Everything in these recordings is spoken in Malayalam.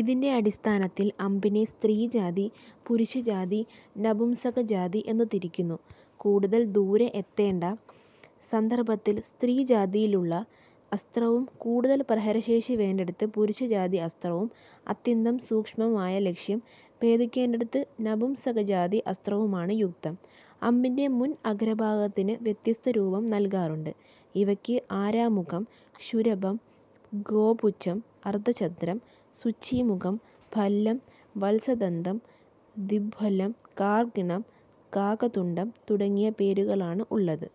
ഇതിന്റെ അടിസ്ഥാനത്തിൽ അമ്പിനെ സ്ത്രീജാതി, പുരുഷജാതി, നപുംസകജാതി എന്നു തിരിക്കുന്നു. കൂടുതൽ ദൂരെ എത്തേണ്ട സന്ദർഭത്തിൽ സ്ത്രീജാതിയിലുള്ള അസ്ത്രവും കൂടുതൽ പ്രഹരശേഷി വേണ്ടിടത്ത് പുരുഷജാതി അസ്ത്രവും അത്യന്തം സൂക്ഷ്മമായ ലക്ഷ്യം ഭേദിക്കേണ്ടിടത്ത് നപുംസകജാതി അസ്ത്രവുമാണ് യുക്തം. അമ്പിന്റെ മുൻ അഗ്രഭാഗത്തിന് വ്യത്യസ്തരൂപം നല്കാറുണ്ട്. ഇവയ്ക്ക് ആരാമുഖം, ക്ഷുരപം, ഗോപുച്ഛം, അർധചന്ദ്രം, സൂചീമുഖം, ഭല്ലം, വത്സദന്തം, ദ്വിഭല്ലം, കർണികം, കാകതുണ്ഡം തുടങ്ങിയ പേരുകളാണ് ഉള്ളത്.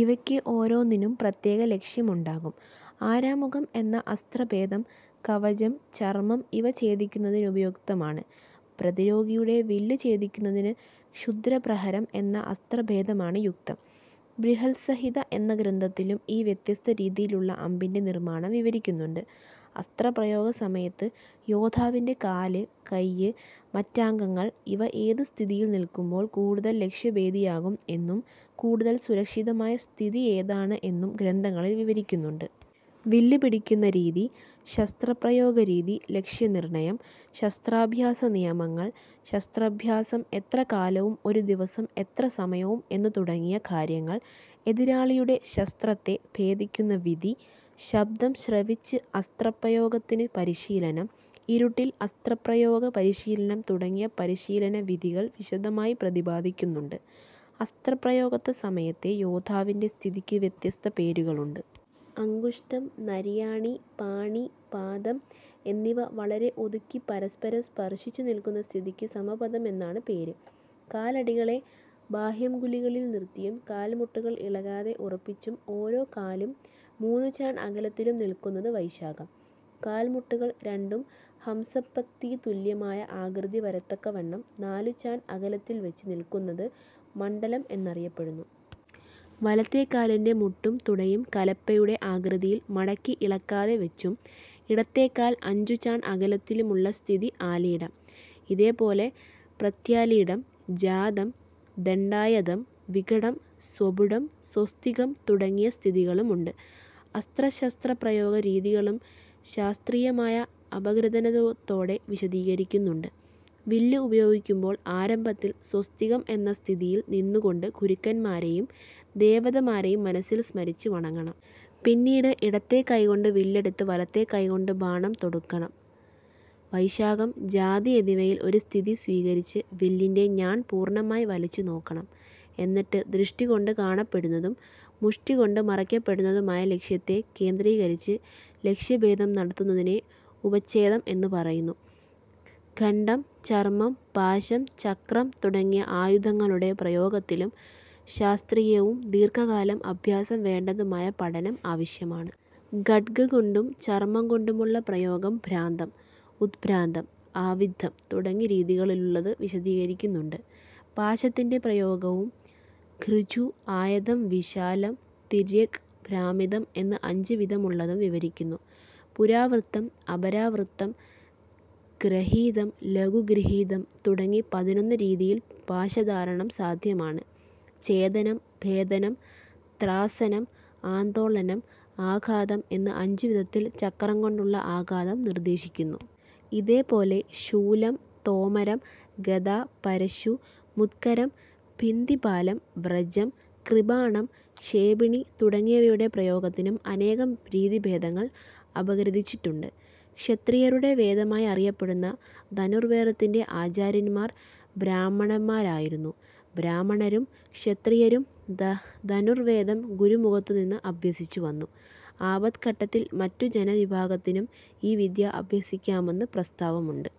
ഇവയ്ക്ക് ഓരോന്നിനും പ്രത്യേക ലക്ഷ്യം ഉണ്ടാകും. ആരാമുഖം എന്ന അസ്ത്രഭേദം കവചം, ചർമം ഇവ ഛേദിക്കുന്നതിനുപയുക്തമാണ്. പ്രതിയോഗിയുടെ വില്ല് ഛേദിക്കുന്നതിന് ക്ഷുദ്രപ്രഹരം എന്ന അസ്ത്രഭേദമാണ് യുക്തം. ബൃഹത്സംഹിത എന്ന ഗ്രന്ഥത്തിലും ഈ വ്യത്യസ്ത രീതിയിലുള്ള അമ്പിന്റെ നിർമ്മാണം വിവരിക്കുന്നുണ്ട്. അസ്ത്രപ്രയോഗസമയത്ത് യോദ്ധാവിന്റെ കാല്, കയ്യ്, മറ്റംഗങ്ങൾ ഇവ ഏതു സ്ഥിതിയിൽ നിൽക്കുമ്പോൾ കൂടുതൽ ലക്ഷ്യഭേദിയാകും എന്നും കൂടുതൽ സുരക്ഷിതമായ സ്ഥിതി ഏതാണ് എന്നും ഗ്രന്ഥങ്ങളിൽ വിവരിക്കുന്നുണ്ട്. വില്ല് പിടിക്കുന്ന രീതി, ശസ്ത്രപ്രയോഗരീതി, ലക്ഷ്യനിർണയം, ശസ്ത്രാഭ്യാസ നിയമങ്ങൾ, ശസ്ത്രാഭ്യാസം എത്ര കാലവും ഒരു ദിവസം എത്രസമയവും എന്നു തുടങ്ങിയ കാര്യങ്ങൾ, എതിരാളിയുടെ ശസ്ത്രത്തെ ഭേദിക്കുന്ന വിധി, ശബ്ദം ശ്രവിച്ച് അസ്ത്രപ്രയോഗത്തിനു പരിശീലനം, ഇരുട്ടിൽ അസ്ത്രപ്രയോഗ പരിശീലനം തുടങ്ങിയ പരിശീലനവിധികൾ വിശദമായി പ്രതിപാദിക്കുന്നുണ്ട്. അസ്ത്രപ്രയോഗസമയത്തെ യോദ്ധാവിന്റെ സ്ഥിതിക്ക് വ്യത്യസ്ത പേരുകളുണ്ട്. അംഗുഷ്ഠം, നരിയാണി, പാണി, പാദം എന്നിവ വളരെ ഒതുക്കി പരസ്പരം സ്പർശിച്ചു നിൽക്കുന്ന സ്ഥിതിക്ക് സമപദം എന്നാണു പേര്. കാലടികളെ ബാഹ്യംഗുലികളിൽ നിർത്തിയും കാൽമുട്ടുകൾ ഇളകാതെ ഉറപ്പിച്ചും ഓരോ കാലും മൂന്നുചാൺ അകലത്തിലും നിൽക്കുന്നത് വൈശാഖം. കാൽമുട്ടുകൾ രണ്ടും ഹംസപംക്തിതുല്യമായ ആകൃതി വരത്തക്കവണ്ണം നാലുചാൺ അകലത്തിൽവച്ചു നിൽക്കുന്നത് മണ്ഡലം എന്നറിയപ്പെടുന്നു. വലത്തേക്കാലിന്റെ മുട്ടും തുടയും കലപ്പയുടെ ആകൃതിയിൽ മടക്കി ഇളകാതെവച്ചും ഇടത്തേക്കാൽ അഞ്ചുചാൺ അകലത്തിലുമുള്ള സ്ഥിതി ആലീഢം. ഇതേപോലെ പ്രത്യാലീഢം, ജാതം, ദണ്ഡായതം, വികടം, സ്വപുടം, സ്വസ്തികം തുടങ്ങിയ സ്ഥിതികളുമുണ്ട്. അസ്ത്രശസ്ത്രപ്രയോഗ രീതികളും ശാസ്ത്രീയമായ അപഗ്രഥനത്തോടെ വിശദീകരിക്കുന്നുണ്ട്. വില്ല് ഉപയോഗിക്കുമ്പോൾ ആരംഭത്തിൽ സ്വസ്തികം എന്ന സ്ഥിതിയിൽ നിന്നുകൊണ്ട് ഗുരുക്കന്മാരെയും ദേവതമാരെയും മനസ്സിൽ സ്മരിച്ച് വണങ്ങണം. പിന്നീട് ഇടത്തേ കൈകൊണ്ട് വില്ലെടുത്ത് വലത്തേ കൈകൊണ്ട് ബാണം തൊടുക്കണം. വൈശാഖം, ജാതി എന്നിവയിൽ ഒരു സ്ഥിതി സ്വീകരിച്ച് വില്ലിന്റെ ഞാൺ പൂർണമായി വലിച്ചുനോക്കണം. എന്നിട്ട് ദൃഷ്ടികൊണ്ടു കാണപ്പെടുന്നതും മുഷ്ടികൊണ്ടു മറയ്ക്കപ്പെടുന്നതുമായി ലക്ഷ്യത്തെ കേന്ദ്രീകരിച്ച് ലക്ഷ്യഭേദം നടത്തുന്നതിനെ ഉപച്ഛേദം എന്നു പറയുന്നു. ഖണ്ഡം, ചർമം, പാശം, ചക്രം തുടങ്ങിയ ആയുധങ്ങളുടെ പ്രയോഗത്തിലും ശാസ്ത്രീയവും ദീർഘകാലം അഭ്യാസം വേണ്ടതുമായ പഠനം ആവശ്യമാണ്. ഖഡ്ഗംകൊണ്ടും ചർമംകൊണ്ടുമുള്ള പ്രയോഗം ഭ്രാന്തം, ഉദ്ഭ്രാന്തം, ആവിദ്ധം തുടങ്ങി രീതികളിലുള്ളത് വിശദീകരിക്കുന്നുണ്ട്. പാശത്തിന്റെ പ്രയോഗവും ഋജു, ആയതം, വിശാലം, തിര്യക്ക്, ഭ്രാമിതം എന്ന് അഞ്ച് വിധമുള്ളതും വിവരിക്കുന്നു. പുരാവൃത്തം, അപരാവൃത്തം, ഗൃഹീതം, ലഘുഗൃഹീതം തുടങ്ങി പതിനൊന്ന് രീതിയിൽ പാശധാരണം സാധ്യമാണ്. ഛേദനം, ഭേദനം, ത്രാസനം, ആന്ദോളനം, ആഘാതം എന്ന് അഞ്ചുവിധത്തിൽ ചക്രംകൊണ്ടുള്ള ആഘാതം നിർദ്ദേശിക്കുന്നു. ഇതേപോലെ ശൂലം, തോമരം, ഗദ, പരശു, മുദ്ഗരം, ഭിന്ദിപാലം, വ്രജം, കൃപാണം, ക്ഷേപിണി തുടങ്ങിയവയുടെ പ്രയോഗത്തിനും അനേകം രീതിഭേദങ്ങൾ അപഗ്രഥിച്ചിട്ടുണ്ട്. ക്ഷത്രിയരുടെ വേദമായി അറിയപ്പെടുന്ന ധനുർവേദത്തിന്റെ ആചാര്യന്മാർ ബ്രാഹ്മണരായിരുന്നു. ബ്രാഹ്മണരും ക്ഷത്രിയരും ധനുർവേദം ഗുരുമുഖത്തുനിന്ന് അഭ്യസിച്ചുവന്നു. ആപദ്ഘട്ടത്തിൽ മറ്റു ജനവിഭാഗത്തിനും ഈ വിദ്യ അഭ്യസിക്കാമെന്നു പ്രസ്താവമുണ്ട്.